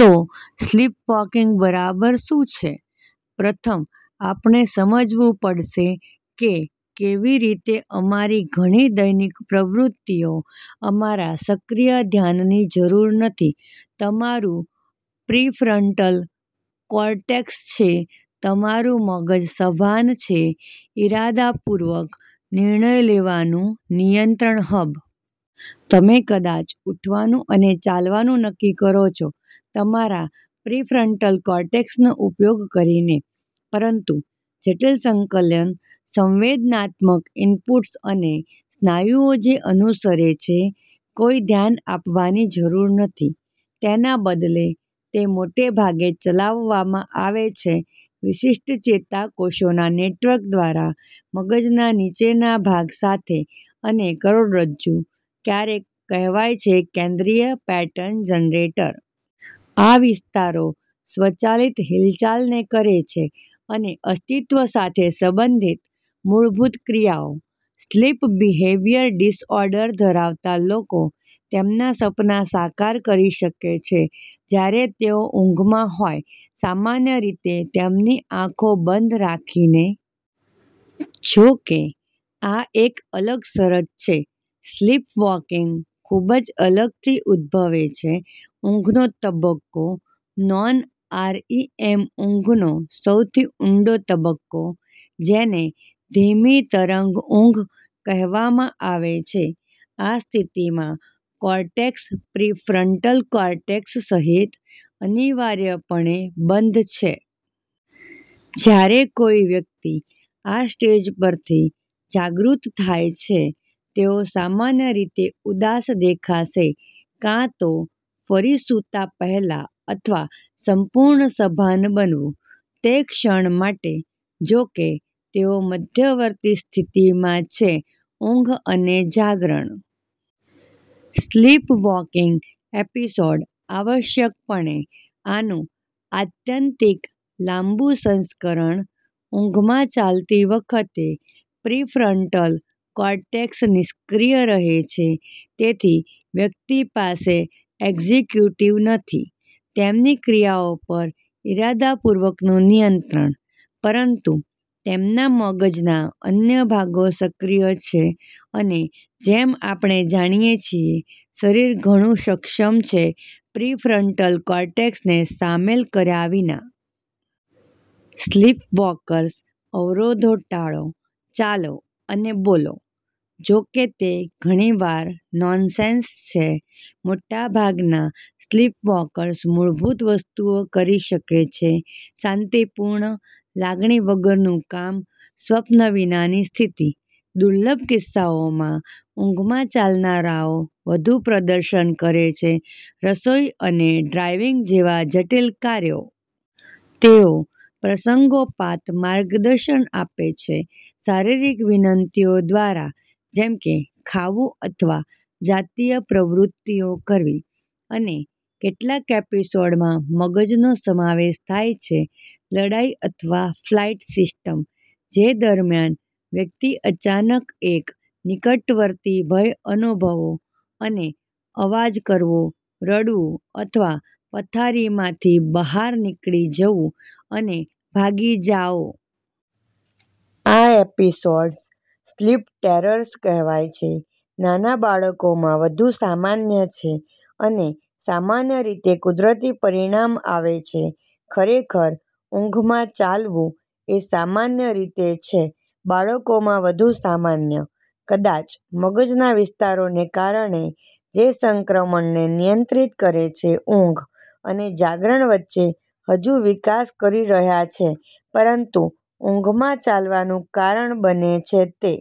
તો, સ્લીપવૉકિંગ બરાબર શું છે? પ્રથમ, આપણે સમજવું પડશે કે કેવી રીતે અમારી ઘણી દૈનિક પ્રવૃત્તિઓ અમારા સક્રિય ધ્યાનની જરૂર નથી. તમારું પ્રીફ્રન્ટલ કોર્ટેક્સ છે તમારું મગજ સભાન છે, ઇરાદાપૂર્વક, નિર્ણય લેવાનું નિયંત્રણ હબ. તમે કદાચ ઉઠવાનું અને ચાલવાનું નક્કી કરો છો તમારા પ્રીફ્રન્ટલ કોર્ટેક્સનો ઉપયોગ કરીને, પરંતુ જટિલ સંકલન સંવેદનાત્મક ઇનપુટ્સ અને સ્નાયુઓ જે અનુસરે છે કોઈ ધ્યાન આપવાની જરૂર નથી. તેના બદલે, તે મોટે ભાગે ચલાવવામાં આવે છે વિશિષ્ટ ચેતા કોષોના નેટવર્ક દ્વારા મગજના નીચેના ભાગ સાથે અને કરોડરજ્જુ, ક્યારેક કહેવાય છે "કેન્દ્રીય પેટર્ન જનરેટર. " આ વિસ્તારો સ્વચાલિત હિલચાલને કરે છે અને અસ્તિત્વ સાથે સંબંધિત મૂળભૂત ક્રિયાઓ. સ્લીપ બિહેવિયર ડિસઓર્ડર ધરાવતા લોકો તેમના સપના સાકાર કરી શકે છે જ્યારે તેઓ ઊંઘમાં હોય, સામાન્ય રીતે તેમની આંખો બંધ રાખીને. જો કે, આ એક અલગ શરત છે. સ્લીપવૉકિંગ ખૂબ જ અલગથી ઉદભવે છે ઊંઘનો તબક્કો- નોન-આરઈએમ ઊંઘનો સૌથી ઊંડો તબક્કો, જેને "ધીમી-તરંગ ઊંઘ" કહેવામાં આવે છે. આ સ્થિતિમાં, કોર્ટેક્સ, પ્રીફ્રન્ટલ કોર્ટેક્સ સહિત, અનિવાર્યપણે બંધ છે. જ્યારે કોઈ વ્યક્તિ આ સ્ટેજ પરથી જાગૃત થાય છે, તેઓ સામાન્ય રીતે ઉદાસ દેખાશે કાં તો ફરી સૂતા પહેલા અથવા સંપૂર્ણ સભાન બનવું. તે ક્ષણ માટે, જોકે, તેઓ મધ્યવર્તી સ્થિતિમાં છે ઊંઘ અને જાગરણ. સ્લીપવોકિંગ એપિસોડ, આવશ્યકપણે, આનું આત્યંતિક, લાંબું સંસ્કરણ. ઊંઘમાં ચાલતી વખતે, પ્રીફ્રન્ટલ કોર્ટેક્સ નિષ્ક્રિય રહે છે, તેથી વ્યક્તિ પાસે એક્ઝિક્યુટિવ નથી, તેમની ક્રિયાઓ પર ઇરાદાપૂર્વકનું નિયંત્રણ. પરંતુ તેમના મગજના અન્ય ભાગો સક્રિય છે. અને, જેમ આપણે જાણીએ છીએ, શરીર ઘણું સક્ષમ છે પ્રીફ્રન્ટલ કોર્ટેક્સને સામેલ કર્યા વિના. સ્લીપવોકર્સ અવરોધો ટાળો, ચાલો અને બોલો- જો કે તે ઘણીવાર નોનસેન્સ છે. મોટાભાગના સ્લીપવૉકર્સ મૂળભૂત વસ્તુઓ કરી શકે છે, શાંતિપૂર્ણ, લાગણી વગરનું કામ સ્વપ્ન વિનાની સ્થિતિ. દુર્લભ કિસ્સાઓમાં, ઊંઘમાં ચાલનારાઓ વધુ પ્રદર્શન કરે છે રસોઈ અને ડ્રાઇવિંગ જેવા જટિલ કાર્યો. તેઓ પ્રસંગોપાત માર્ગદર્શન આપે છે શારીરિક વિનંતીઓ દ્વારા, જેમ કે ખાવું અથવા જાતીય પ્રવૃત્તિઓ કરવી. અને કેટલાક એપિસોડમાં મગજનો સમાવેશ થાય છે લડાઈ અથવા ફ્લાઇટ સિસ્ટમ, જે દરમિયાન વ્યક્તિ અચાનક એક નિકટવર્તી ભય અનુભવો, અને અવાજ કરવો, રડવું અથવા પથારીમાંથી બહાર નીકળી જવું અને ભાગી જાઓ. આ એપિસોડ્સ, "સ્લીપ ટેરર્સ" કહેવાય છે. નાના બાળકોમાં વધુ સામાન્ય છે અને સામાન્ય રીતે કુદરતી પરિણામ આવે છે. ખરેખર, ઊંઘમાં ચાલવું એ સામાન્ય રીતે છે બાળકોમાં વધુ સામાન્ય, કદાચ મગજના વિસ્તારોને કારણે જે સંક્રમણને નિયંત્રિત કરે છે ઊંઘ અને જાગરણ વચ્ચે હજુ વિકાસ કરી રહ્યા છે. પરંતુ ઊંઘમાં ચાલવાનું કારણ બને છે તે